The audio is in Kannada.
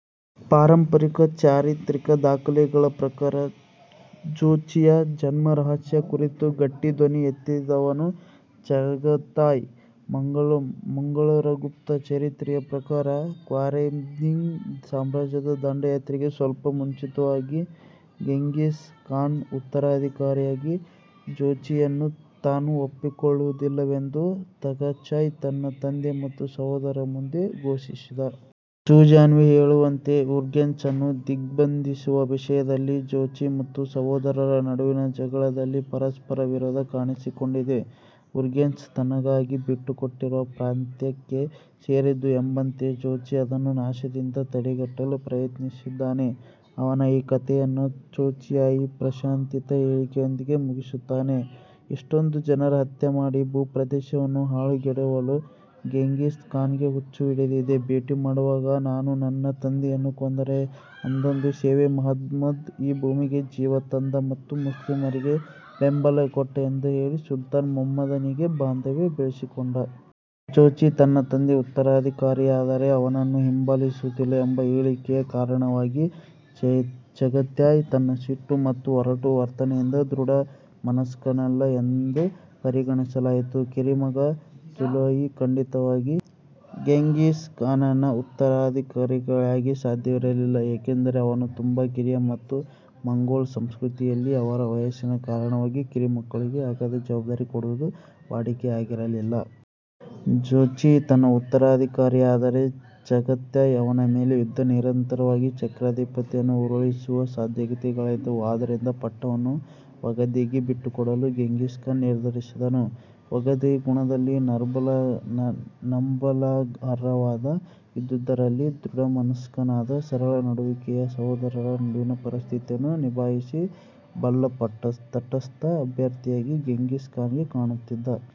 ಪಾರಂಪರಿಕ, ಚಾರಿತ್ರಿಕ ದಾಖಲೆಗಳ ಪ್ರಕಾರ ಜೋಚಿಯ ಜನ್ಮರಹಸ್ಯ ಕುರಿತು ಗಟ್ಟಿ ಧ್ವನಿ ಎತ್ತಿದವನು ಚಗತಾಯ್. ಮಂಗೋಲರ ಗುಪ್ತ ಚರಿತ್ರೆಯ ಪ್ರಕಾರ ಖ್ವಾರೆಝ್ಮಿದ್ ಸಾಮ್ರಾಜ್ಯದ ದಂಡಯಾತ್ರೆಗೆ ಸ್ವಲ್ಪ ಮುಂಚಿತವಾಗಿ ಗೆಂಘಿಸ್ ಖಾನ್ನ ಉತ್ತರಾಧಿಕಾರಿಯಾಗಿ ಜೋಚಿಯನ್ನು ತಾನು ಒಪ್ಪಿಕೊಳ್ಳುವುದಿಲ್ಲವೆಂದು ಚಗತಾಯ್ ತನ್ನ ತಂದೆ ಮತ್ತು ಸಹೋದರರ ಮುಂದೆ ಘೋಷಿಸಿದ. ಜುಝ್ಜಾನಿ ಹೇಳುವಂತೆ ಉರ್ಗೆಂಚ್ ಅನ್ನು ದಿಗ್ಭಂಧಿಸುವ ವಿಷಯದಲ್ಲಿ ಜೋಚಿ ಮತ್ತು ಸಹೋದರರ ನಡುವಿನ ಜಗಳದಲ್ಲಿ ಪರಸ್ಪರ ವಿರೋಧ ಕಾಣಿಸಿಕೊಂಡಿದೆ. ಉರ್ಗೆಂಚ್ ತನಗಾಗಿ ಬಿಟ್ಟುಕೊಟ್ಟಿರುವ ಪ್ರಾಂತ್ಯಕ್ಕೆ ಸೇರಿದ್ದು ಎಂಬಂತೆ ಜೋಚಿ ಅದನ್ನು ನಾಶದಿಂದ ತಡೆಗಟ್ಟಲು ಪ್ರಯತ್ನಿಸಿದ್ದಾನೆ. ಅವನ ಈ ಕತೆಯನ್ನು ಜೋಚಿಯ ಈ ಪ್ರಶ್ನಾತೀತ ಹೇಳಿಕೆಯೊಂದಿಗೆ ಮುಗಿಸುತ್ತಾನೆ: " ಇಷ್ಟೊಂದು ಜನರ ಹತ್ಯೆ ಮಾಡಿ, ಭೂ ಪ್ರದೇಶವನ್ನು ಹಾಳುಗೆಡವಲು ಗೆಂಘಿಸ್ ಖಾನ್ಗೆ ಹುಚ್ಚು ಹಿಡಿದಿದೆ, ಭೇಟಿಮಾಡುವಾಗ ನಾನು ನನ್ನ ತಂದೆಯನ್ನು ಕೊಂದರೆ ಅದೊಂದು ಸೇವೆ, ಮೊಹಮ್ಮದ್ ಈ ಭೂಮಿಗೆ ಜೀವ ತಂದ ಮತ್ತು ಮುಸ್ಲಿಮರಿಗೆ ಬೆಂಬಲ ಕೊಟ್ಟ" ಎಂದು ಹೇಳಿ ಸುಲ್ತಾನ್ ಮೊಹಮ್ಮದನೊಂದಿಗೆ ಬಾಂಧವ್ಯ ಬೆಳೆಸಿಕೊಂಡ. ಜೋಚಿ ತನ್ನ ತಂದೆಯ ಉತ್ತರಾಧಿಕಾರಿಯಾದರೆ ಅವನನ್ನು ಹಿಂಬಾಲಿಸುವುದಿಲ್ಲ ಎಂಬ ಹೇಳಿಕೆಯ ಕಾರಣವಾಗಿ ಚಗತಾಯ್ ತನ್ನ ಸಿಟ್ಟು ಮತ್ತು ಒರಟು ವರ್ತನೆಯಿಂದ ದೃಢ ಮನಸ್ಕನಲ್ಲ ಎಂದು ಪರಿಗಣಿಸಲಾಗಿತ್ತು. ಕಿರಿಮಗ ತೊಲೂಯಿ ಖಂಡಿತವಾಗಿ ಗೆಂಘಿಸ್ ಖಾನನ ಉತ್ತರಾಧಿಕಾರಿಯಾಗಲು ಸಾಧ್ಯವಿರಲಿಲ್ಲ ಏಕೆಂದರೆ ಅವನು ತುಂಬಾ ಕಿರಿಯ ಮತ್ತು ಮಂಗೋಲ್ ಸಂಸ್ಕೃತಿಯಲ್ಲಿ ಅವರ ವಯಸ್ಸಿನ ಕಾರಣವಾಗಿ ಕಿರಿಮಕ್ಕಳಿಗೆ ಅಗಾಧ ಜವಾಬ್ಧಾರಿ ಕೊಡುವುದು ವಾಡಿಕೆಯಾಗಿರಲಿಲ್ಲ. ಜೋಚಿ ತನ್ನ ಉತ್ತರಾಧಿಕಾರಿಯಾದರೆ, ಚಗತಾಯ್ ಅವನ ಮೇಲೆ ಯುದ್ಧ ನಿರತವಾಗಿ ಚಕ್ರಾಧಿಪತ್ಯವನ್ನು ಉರುಳಿಸುವ ಸಾಧ್ಯತೆಗಳಿದ್ದವು. ಆದ್ದರಿಂದ ಪಟ್ಟವನ್ನು ಒಗೆದೆಯ್ಗೆ ಬಿಟ್ಟುಕೊಡಲು ಗೆಂಘಿಸ್ ಖಾನ್ ನಿರ್ಧರಿಸಿದನು. ಒಗೆದೆಯ್ ಗುಣದಲ್ಲಿ ನಂಬಲರ್ಹವಾದ, ಇದ್ದುದರಲ್ಲಿ ದೃಢಮನಸ್ಕನಾದ ಸರಳ ನಡವಳಿಕೆಯ ಸಹೋದರರ ನಡುವಿನ ಪರಿಸ್ಥಿತಿಯನ್ನು ನಿಭಾಯಿಸ ಬಲ್ಲ ತಟಸ್ಥ ಅಭ್ಯರ್ಥಿಯಾಗಿ ಗೆಂಘಿಸ್ ಖಾನ್ಗೆ ಕಾಣುತ್ತಿದ್ದ.